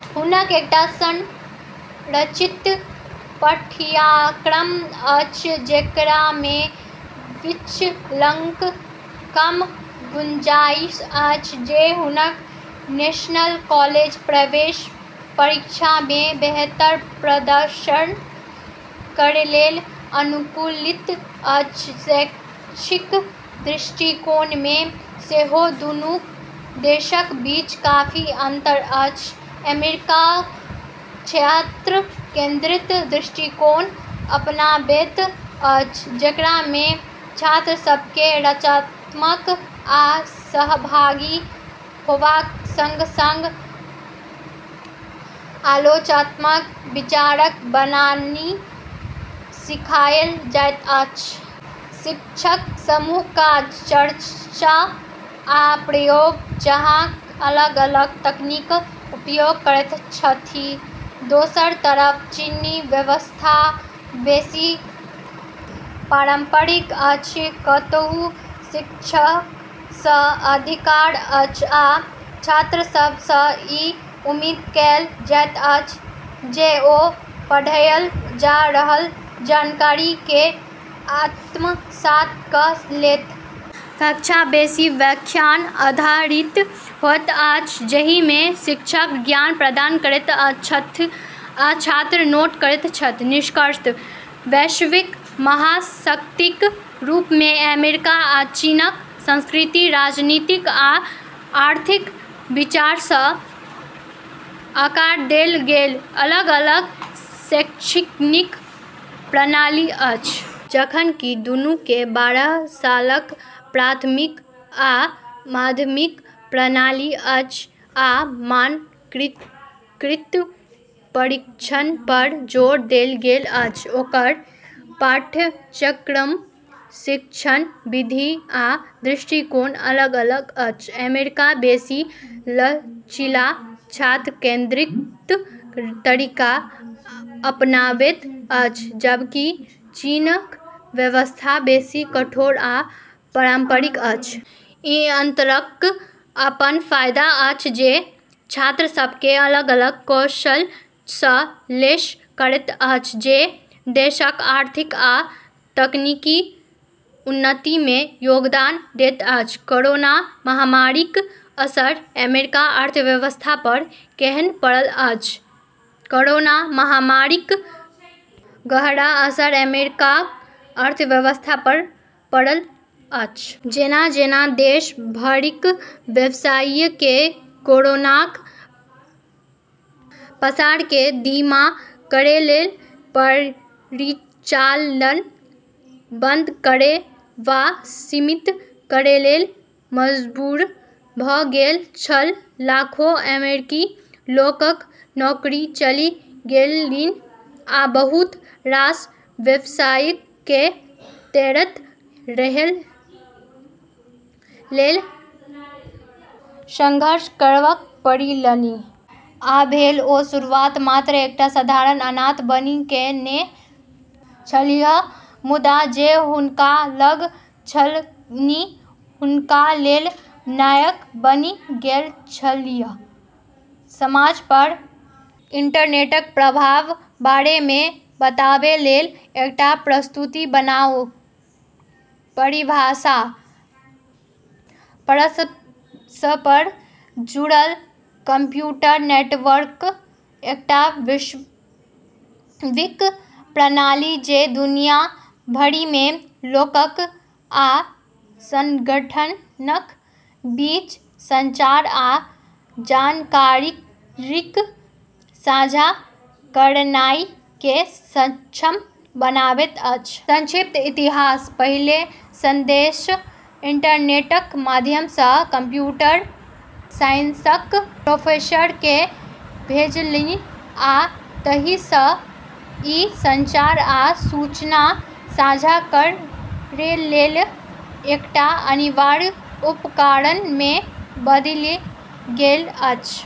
हुनक एकटा संरचित पाठ्यक्रम अछि जेकरामे विचलनक कम गुंजाइश अछि, जे हुनक नेशनल कॉलेज प्रवेश परीक्षामे बेहतर प्रदर्शन करैलेल अनुकूलित अछि। शैक्षिक दृष्टिकोणमे सेहो दूनू देशक बीच काफी अन्तर अछि। अमेरिका छात्र केन्द्रित दृष्टिकोण अपनाबैत अछि, जेकरामे छात्रसभकेँ रचनात्मक आ सहभागी होबाक सँग-सँग आलोचनात्मक विचारक बननाइ सिखाएल जाइत अछि। शिक्षक समूह काज, चर्चा, आ प्रयोग जकाँ अलग-अलग तकनीकक उपयोग करैत छथि। दोसर तरफ चीनी व्यवस्था बेसी पारम्परिक अछि, कतहु शिक्षकसँ अधिकार अछि, आ छात्रसभसँ ई उम्मीद कएल जाइत अछि जे ओ पढ़ायल जा रहल जानकारीकेँ आत्मसात कऽ लेत। कक्षा बेसी व्याख्यान आधारित होइत अछि, जाहिमे शिक्षक ज्ञान प्रदान करैत छथि आ छात्र नोट करैत छथि। निष्कर्षतः, वैश्विक महाशक्तिक रूपमे अमेरिका आ चीनक सांस्कृतिक, राजनीतिक आ आर्थिक विचारसँ आकार देल गेल अलग-अलग शैक्षणिक प्रणाली अछि। जखन कि दूनूकेँ बारह सालक प्राथमिक आ माध्यमिक प्रणाली अछि आ मानकीकृत परीक्षणपर जोर देल गेल अछि, ओकर पाठ्यक्रम, शिक्षण विधि आ दृष्टिकोण अलग-अलग अछि। अमेरिका बेसी लचीला, छात्र केन्द्रित तरीका अपनाबैत अछि, जबकि चीनक व्यवस्था बेसी कठोर आ पारम्परिक अछि। ई अन्तरक अपन फायदा अछि, जे छात्रसभकेँ अलग-अलग कौशलसँ लैस करैत अछि, जे देशक आर्थिक आ तकनीकी उन्नतिमे योगदान दैत अछि। कोरोना महामारीक असर अमेरिकाक अर्थव्यवस्थापर केहन पड़ल अछि? कोरोना महामारीक गहरा असर अमेरिकाक अर्थव्यवस्थापर पड़ल अछि। जेना-जेना देश भरिक व्यवसायीकेँ कोरोनाक प्रसारकेँ धीमा करैलेल परिचालन बन्द करै वा सीमित करैलेल मजबूर भऽ गेल छल, लाखों अमेरिकी लोकक नौकरी चलि गेलनि आ बहुत रास व्यवसायीकेँ तैरैत रहैलेल सङ्घर्ष करब पड़लनि। आ भले ओ शुरुआत मात्र एकटा साधारण अनाथ बनि कएने छलीह, मुदा जे हुनका लग छलनि हुनकालेल नायक बनि गेल छलीह। समाजपर इन्टरनेटक प्रभावक बारेमे बताबैलेल एकटा प्रस्तुति बनाउ। परिभाषा: परस्पर जुड़ल कम्प्यूटर नेटवर्कक एकटा वैश्विक प्रणाली जे दुनिया भरिमे लोकक आ सङ्गठनक बीच संचार आ जानकारीक साझा करेनाइकेँ सक्षम बनाबैत अछि। संक्षिप्त इतिहास: पहिल सन्देश इन्टरनेटक माध्यमसँ कम्प्यूटर साइन्सक प्रोफेसरकेँ भेजलनि, आ तहियासँ ई संचार आ सूचना साझा करैलेल एकटा अनिवार्य उपकरणमे बदलि गेल अछि।